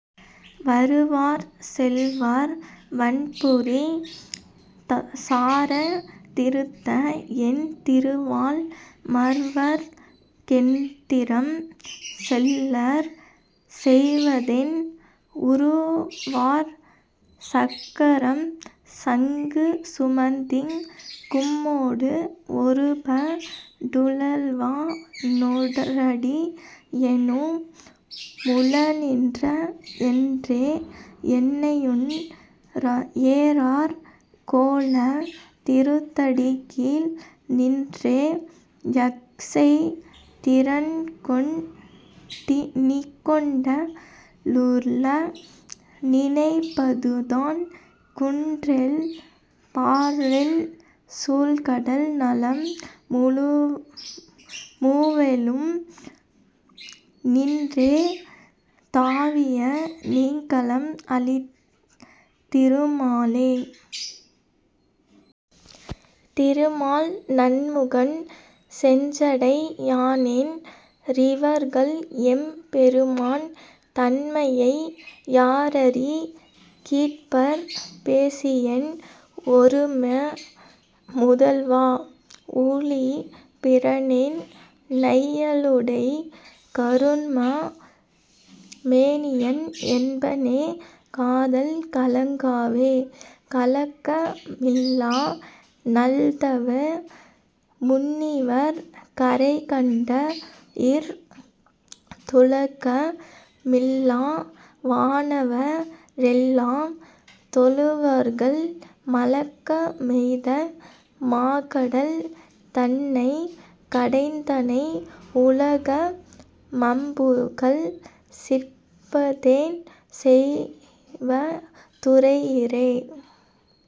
வருவார் செல்வார் வண்பொரி சாரத் திருந்த, என் திருவாழ் மர்வற் கென்திறம் சொல்லார் செய்வதென், உருவார் சக்கரம் சங்கு சுமந்திங் கும்மோடு, ஒருப டுழவா னோரடி யன்னு முளனென்றே.. என்றே யென்னையுன் ஏரார் கோலத் திருந்தடிக்கீழ், நின்றே யட்செய்ய நீகொண் டருள நினைப்பதுதான், குன்றெழ் பாரேழ் சூழ்கடல் ஞாலம் முழுவேழும், நின்றே தாவிய நீள்கழல் ஆழித் திருமாலே.. திருமால் நன்முகன் செஞ்சடை யானென் றிவர்கள், எம் பெருமான் தன்மையை யாரறி கிட்ப பேசியென், ஒரும முதல்வா. ஊழிப் பிரனென் னையாளுடை, கருமா மேனியன் என்பனெ காதல் கலங்காவே.. கலக்க மில்லா நல்தவ முனிவர் கரைகண்ட ர், துளக்க மில்லா வானவ ரெல்லாம் தொழுவார்கள், மலக்க மெய்த மாகடல் தன்னைக் கடைந்தானை, உலக்க நாம்புகழ் கிற்பதென் செய்வ துரையீரே.